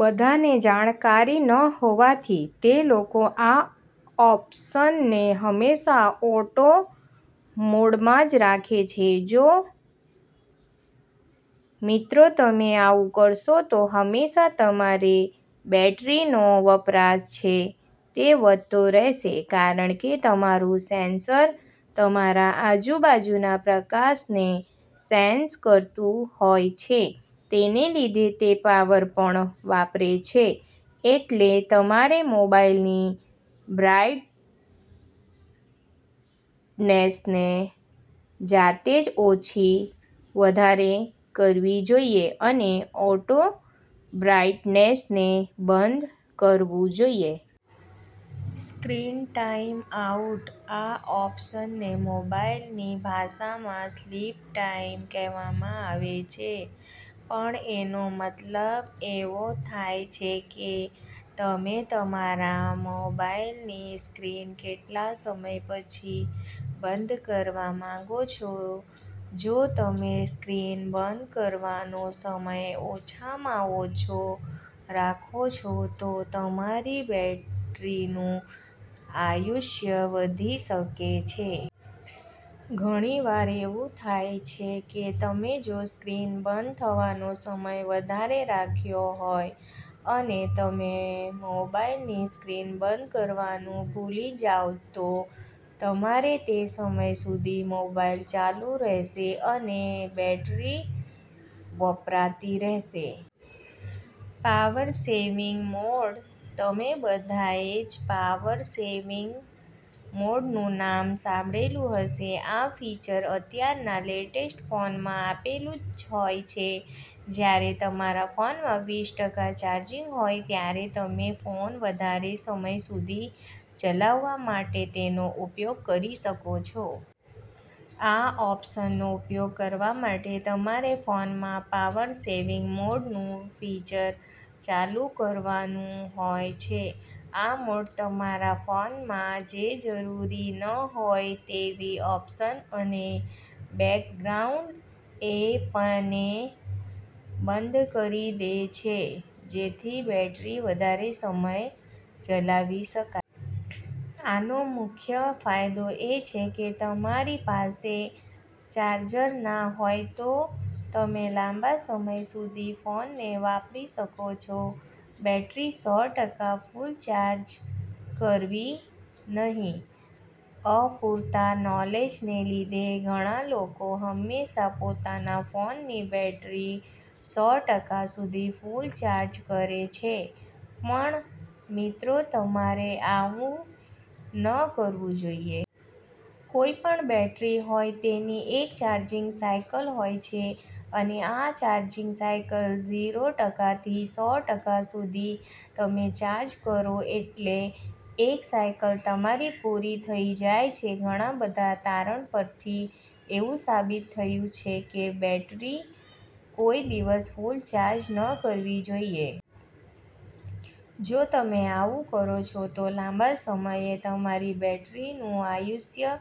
બધાને જાણકારી ન હોવાથી તે લોકો આ ઓપ્શનને હંમેશા ઓટો મોડમાં જ રાખે છે. જો મિત્રો તમે આવું કરશો તો હંમેશા તમારે બેટરીનો વપરાશ છે તે વધતો રહેશે કારણ કે તમારું સેન્સર તમારા આજુબાજુના પ્રકાશને સેન્સ કરતું હોય છે તેને લીધે તે પાવર પણ વાપરે છે એટલે તમારે મોબાઇલની બ્રાઇટનેસને જાતે જ ઓછી-વધારે કરવી જોઈએ અને ઓટો બ્રાઇટનેસને બંધ કરવું જોઈએ. સ્ક્રીન ટાઈમ આઉટ, આ ઓપ્શનને મોબાઈલની ભાષામાં સ્લીપ ટાઈમ કહેવામાં આવે છે પણ એનો મતલબ એવો થાય છે કે તમે તમારા મોબાઈલની સ્ક્રીન કેટલા સમય પછી બંધ કરવા માંગો છો. જો તમે સ્ક્રીન બંધ કરવાનો સમય ઓછામાં ઓછો રાખો છો તો તમારી બેટરીનું આયુષ્ય વધી શકે છે. ઘણી વાર એવું થાય છે કે તમે જો સ્ક્રીન બંધ થવાનો સમય વધારે રાખ્યો હોય અને તમે મોબાઇલની સ્ક્રીન બંધ કરવાનું ભૂલી જાવ તો તમારે તે સમય સુધી મોબાઈલ ચાલુ રહેશે અને બેટરી વપરાતી રહેશે. પાવર સેવિંગ મોડ, તમે બધાએ જ પાવર સેવિંગ મોડનું નામ સાંભળેલું હશે. આ ફીચર અત્યારના લેટેસ્ટ ફોનમાં આપેલું જ હોય છે. જ્યારે તમારા ફોનમાં વીસ ટકા ચાર્જિંગ હોય ત્યારે તમે ફોન વધારે સમય સુધી ચલાવવા માટે તેનો ઉપયોગ કરી શકો છો. આ ઓપ્શનનો ઉપયોગ કરવા માટે તમારે ફોનમાં પાવર સેવિંગ મોડનું ફીચર ચાલુ કરવાનું હોય છે. આ મોડ તમારા ફોનમાં જે જરૂરી ન હોય તેવી ઓપ્શન અને બેકગ્રાઉન્ડ એપને બંધ કરી દે છે જેથી બેટરી વધારે સમય ચલાવી શકાય. આનો મુખ્ય ફાયદો એ છે કે તમારી પાસે ચાર્જર ના હોય તો તમે લાંબા સમય સુધી ફોનને વાપરી શકો છો. બેટરી સો ટકા ફુલ ચાર્જ કરવી નહી. અપૂરતા નોલેજને લીધે ઘણા લોકો હંમેશા પોતાના ફોનની બેટરી સો ટકા સુધી ફુલ ચાર્જ કરે છે પણ મિત્રો તમારે આવું ન કરવું જોઈએ. કોઈ પણ બેટરી હોય તેની એક ચાર્જિંગ સાયકલ હોય છે અને આ ચાર્જિંગ સાયકલ ઝીરો ટકા થી સો ટકા સુધી તમે ચાર્જ કરો એટલે એક સાયકલ તમારી પુરી થઈ જાય છે. ઘણા બધા તારણ પરથી એવુ સાબિત થયુ છે કે બેટરી કોઈ દિવસ ફૂલ ચાર્જ ન કરવી જોઈએ. જો તમે આવું કરો છો તો લાંબા સમયે તમારી બેટરીનું આયુષ્ય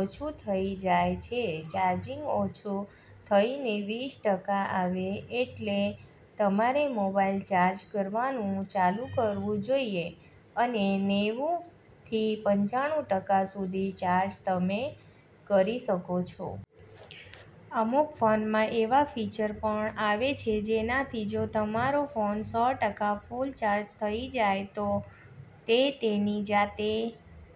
ઓછું થઈ જાય છે. ચાર્જિંગ ઓછું થઈને વીસ ટકા આવે એટલે તમારે મોબાઇલ ચાર્જ કરવાનું ચાલુ કરવું જોઈએ અને નેવું થી પંચાણું ટકા સુધી ચાર્જ તમે કરી શકો છો. અમુક ફોનમાં એવા ફીચર પણ આવે છે જેનાથી જો તમારો ફોન સો ટકા ફુલ ચાર્જ થઈ જાય તો તે તેની જાતે